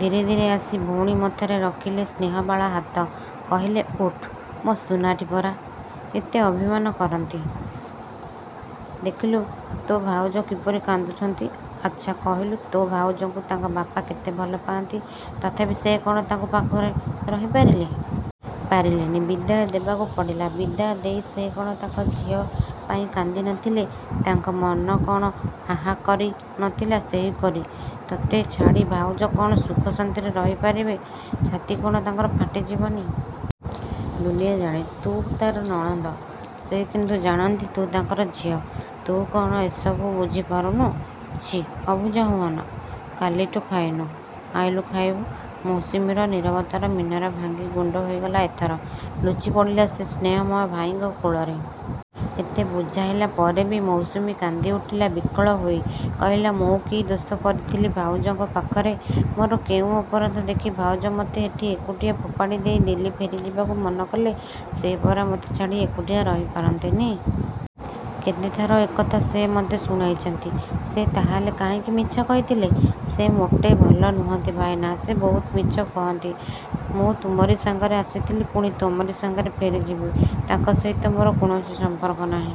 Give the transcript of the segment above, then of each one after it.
ଧୀରେ ଧୀରେ ଆସି ଭଉଣୀ ମଥାରେ ରଖିଲେ ସ୍ନେହବାଳା ହାତ। କହିଲେ ଉଠ୍ ମୋ ସୁନାଟି ପରା। ଏତେ ଅଭିମାନ କରନ୍ତି? ଦେଖିଲୁ ତୋ ଭାଉଜ କିପରି କାନ୍ଦୁଛନ୍ତି। ଆଚ୍ଛା କହିଲୁ ତୋ ଭାଉଜଙ୍କୁ ତାଙ୍କ ବାପା କେତେ ଭଲ ପାଆନ୍ତି। ତଥାପି ସେ କ'ଣ ତାଙ୍କୁ ପାଖରେ ରହି ପାରିଲେ? ପାରିଲେନି। ବିଦାୟ ଦେବାକୁ ପଡ଼ିଲା। ବିଦାୟ ଦେଇ ସେ କ'ଣ ତାଙ୍କ ଝିଅ ପାଇଁ କାନ୍ଦି ନଥିଲେ? ତାଙ୍କ ମନ କ'ଣ ହାହାକରି ନଥିଲା? ସେହିପରି ତତେ ଛାଡ଼ି ଭାଉଜ କ'ଣ ସୁଖ ଶାନ୍ତିରେ ରହି ପାରିବେ? ଛାତି କ'ଣ ତାଙ୍କର ଫାଟି ଯିବନି? ଦୁନିଆ ଜାଣେ ତୁ ତା'ର ନଣନ୍ଦ। ସେ କିନ୍ତୁ ଜାଣନ୍ତି ତୁ ତାଙ୍କର ଝିଅ। ତୁ କ'ଣ ଏସବୁ ବୁଝି ପାରୁନୁ। ଛି, ଅବୁଝା ହୁଅନା। କାଲିଠୁ ଖାଇନୁ, ଆଇଲୁ ଖାଇବୁ। ମୌସୁମୀର ନିରବତାର ମିନାର ଭାଙ୍ଗି ଗୁଣ୍ଡ ହୋଇଗଲା ଏଥର। ଲୁଚି ପଡ଼ିଲା ସେ ସ୍ନେହମୟ ଭାଇଙ୍କ କୋଳରେ। ଏତେ ବୁଝାଇଲା ପରେ ବି ମୌସୁମୀ କାନ୍ଦି ଉଠିଲା ବିକଳ ହୋଇ। କହିଲା ମୁଁ କି ଦୋଷ କରିଥିଲି ଭାଉଜଙ୍କ ପାଖରେ। ମୋର କେଉଁ ଅପରାଧ ଦେଖି ଭାଉଜ ମୋତେ ଏଠି ଏକୁଟିଆ ଫୋପାଡ଼ି ଦେଇ ଦିଲ୍ଲୀ ଫେରିଯିବାକୁ ମନ କଲେ? ସେ ପରା ମୋତେ ଛାଡ଼ି ଏକୁଟିଆ ରହି ପାରନ୍ତିନି! କେତେଥର ଏକଥା ସେ ମୋତେ ଶୁଣାଇଛନ୍ତି। ସେ ତାହାହେଲେ କାହିଁକି ମିଛ କହିଥିଲେ? ସେ ମୋଟେ ଭଲ ନୁହଁନ୍ତି ଭାଇନା, ସେ ବହୁତ ମିଛ କହନ୍ତି। ମୁଁ ତୁମରି ସାଙ୍ଗରେ ଆସିଥିଲି, ପୁଣି ତୁମରି ସାଙ୍ଗରେ ଫେରିଯିବି। ତାଙ୍କ ସହିତ ମୋର କୌଣସି ସମ୍ପର୍କ ନାହିଁ।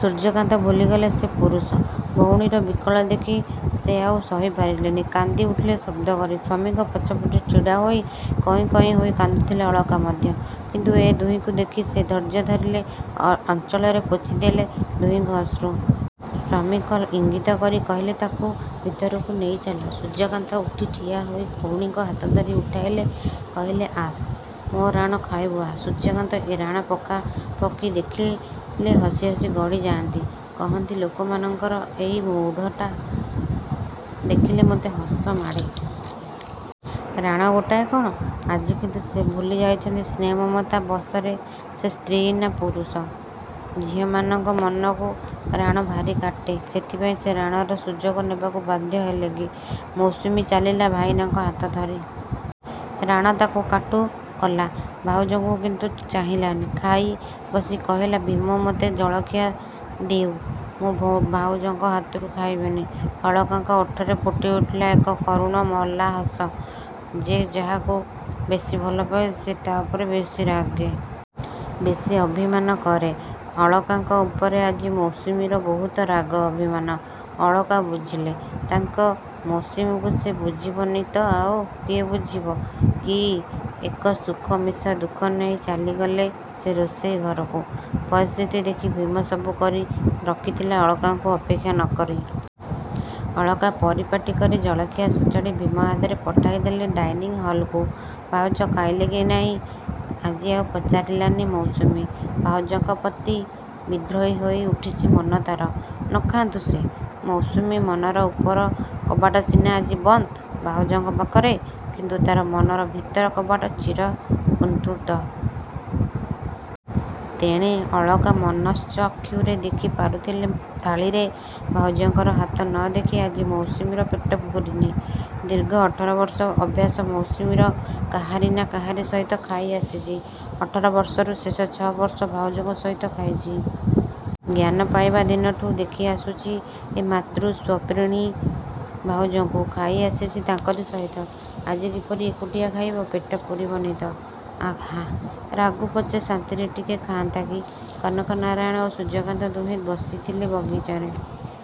ସୂର୍ଯ୍ୟକାନ୍ତ ଭୁଲିଗଲେ ସେ ପୁରୁଷ। ଭଉଣୀର ବିକଳ ଦେଖି ସେ ଆଉ ସହି ପାରିଲେନି। କାନ୍ଦି ଉଠିଲେ ଶବ୍ଦ କରି। ସ୍ୱାମୀଙ୍କ ପଛପଟେ ଛିଡା ହୋଇ କଇଁ କଇଁ ହୋଇ କାନ୍ଦୁଥିଲେ ଅଳକା ମଧ୍ୟ। କିନ୍ତୁ ଏ ଦୁହିଁଙ୍କୁ ଦେଖି ସେ ଧୈର୍ଯ୍ୟ ଧରିଲେ। ଅ-ଅଞ୍ଚଳରେ ପୋଛି ଦେଲେ ଦୁହିଁଙ୍କ ଅଶ୍ରୁ। ସ୍ୱାମୀଙ୍କର ଇଙ୍ଗିତ କରି କହିଲେ ତାକୁ ଭିତରକୁ ନେଇ ଚାଲ। ସୂର୍ଯ୍ୟକାନ୍ତ ଉଠି ଠିଆ ହୋଇ ଭଉଣୀଙ୍କ ହାତ ଧରି ଉଠାଇଲେ। କହିଲେ ଆସ୍, ମୋ ରାଣ ଖାଇବୁ ଆ। ସୂର୍ଯ୍ୟକାନ୍ତ ଏ ରାଣ ପକାପକି ଦେଖିଲେ ହସି ହସି ଗଡ଼ି ଯାଆନ୍ତି। କହନ୍ତି ଲୋକମାନଙ୍କର ଏଇ ମୂଢ଼ଟା ଦେଖିଲେ ମୋତେ ହସ ମାଡ଼େ। ରାଣ ଗୋଟାଏ କ'ଣ? ଆଜି କିନ୍ତୁ ସେ ଭୁଲି ଯାଇଛନ୍ତି ସ୍ନେହ ମମତା ବସରେ ସେ ସ୍ତ୍ରୀ ନା ପୁରୁଷ। ଝିଅମାନଙ୍କ ମନକୁ ରାଣ ଭାରି କାଟେ। ସେଥିପାଇଁ ସେ ରାଣର ସୁଯୋଗ ନେବାକୁ ବାଧ୍ୟ ହେଲେ କି? ମୌସୁମୀ ଚାଲିଲା ଭାଇନାଙ୍କ ହାତ ଧରି। ରାଣ ତାକୁ କାଟୁ କଲା। ଭାଉଜଙ୍କୁ କିନ୍ତୁ ଚାହିଁଲାନି। ଖାଇ ବସି କହିଲା ଭୀମ ମୋତେ ଜଳଖିଆ ଦେଉ, ମୁଁ ଭାଉଜଙ୍କ ହାତରୁ ଖାଇବିନି। ଅଳକାଙ୍କ ଓଠରେ ଫୁଟି ଉଠିଲା ଏକ କରୁଣ ମଲା ହସ। ଯେ ଯାହାକୁ ବେଶୀ ଭଲ ପାଏ ସେ ତା' ଉପରେ ବେଶୀ ରାଗେ। ବେଶୀ ଅଭିମାନ କରେ। ଅଳକାଙ୍କ ଉପରେ ଆଜି ମୌସୁମୀର ବହୁତ ରାଗ, ଅଭିମାନ। ଅଳକା ବୁଝିଲେ। ତାଙ୍କ ମୌସୁମୀକୁ ସେ ବୁଝିବନି ତ ଆଉ କିଏ ବୁଝିବ! କି ଏକ ସୁଖ ମିଶା ଦୁଃଖ ନେଇ ଚାଲିଗଲେ ସେ ରୋଷେଇ ଘରକୁ। ପରିସ୍ଥିତି ଦେଖି ଭୀମ ସବୁ କରି ରଖିଥିଲା ଅଳକାଙ୍କୁ ଅପେକ୍ଷା ନ କରି। ଅଳକା ପରିପାଟି କରି ଜଳଖିଆ ସଜାଡ଼ି ଭୀମ ହାତରେ ପଠାଇ ଦେଲେ ଡାଇନିଂ ହଲକୁ। ଭାଉଜ ଖାଇଲେ କି ନାହିଁ ଆଜି ଆଉ ପଚାରିଲାନି ମୌସୁମୀ। ଭାଉଜଙ୍କ ପ୍ରତି ବିଦ୍ରୋହୀ ହୋଇ ଉଠିଛି ମନ ତା'ର। ନ ଖାଆନ୍ତୁ ସିଏ। ମୌସୁମୀ ମନର ଉପର କବାଟ ସିନା ଆଜି ବନ୍ଦ, ଭାଉଜଙ୍କ ପାଖରେ କିନ୍ତୁ ତା'ର ମନର ଭିତର କବାଟ ଚିର ଉନ୍ତୁକ୍ତ। ତେଣେ ଅଳକା ମନଶ୍ଚକ୍ଷୁରେ ଦେଖି ପାରୁଥିଲେ ଥାଳିରେ ଭାଉଜଙ୍କର ହାତ ନ ଦେଖି ଆଜି ମୌସୁମୀର ପେଟ ପୁରୁନି। ଦୀର୍ଘ ଅଠର ବର୍ଷ ଅଭ୍ୟାସ ମୌସୁମୀର, କାହାରି ନା କାହାରି ସହିତ ଖାଇ ଆସିଛି। ଅଠର ବର୍ଷରୁ ଶେଷ ଛଅ ବର୍ଷ ଭାଉଜଙ୍କ ସହିତ ଖାଇଛି। ଜ୍ଞାନ ପାଇବା ଦିନଠୁ ଦେଖି ଆସୁଛି ଏଇ ମାତୃ ସ୍ୱପ୍ରିଣୀ ଭାଉଜଙ୍କୁ। ଖାଇ ଆସିଛି ତାଙ୍କରି ସହିତ। ଆଜି କିପରି ଏକୁଟିଆ ଖାଇବ! ପେଟ ପୁରିବନି ତ। ଆହା, ଖା, ରାଗୁ ପଛେ ଶାନ୍ତିରେ ଟିକେ ଖାଆନ୍ତା କି! କନକନାରାୟଣ ଓ ସୂର୍ଯ୍ୟକାନ୍ତ ଦୁହେଁ ବସିଥିଲେ ବଗିଚାରେ।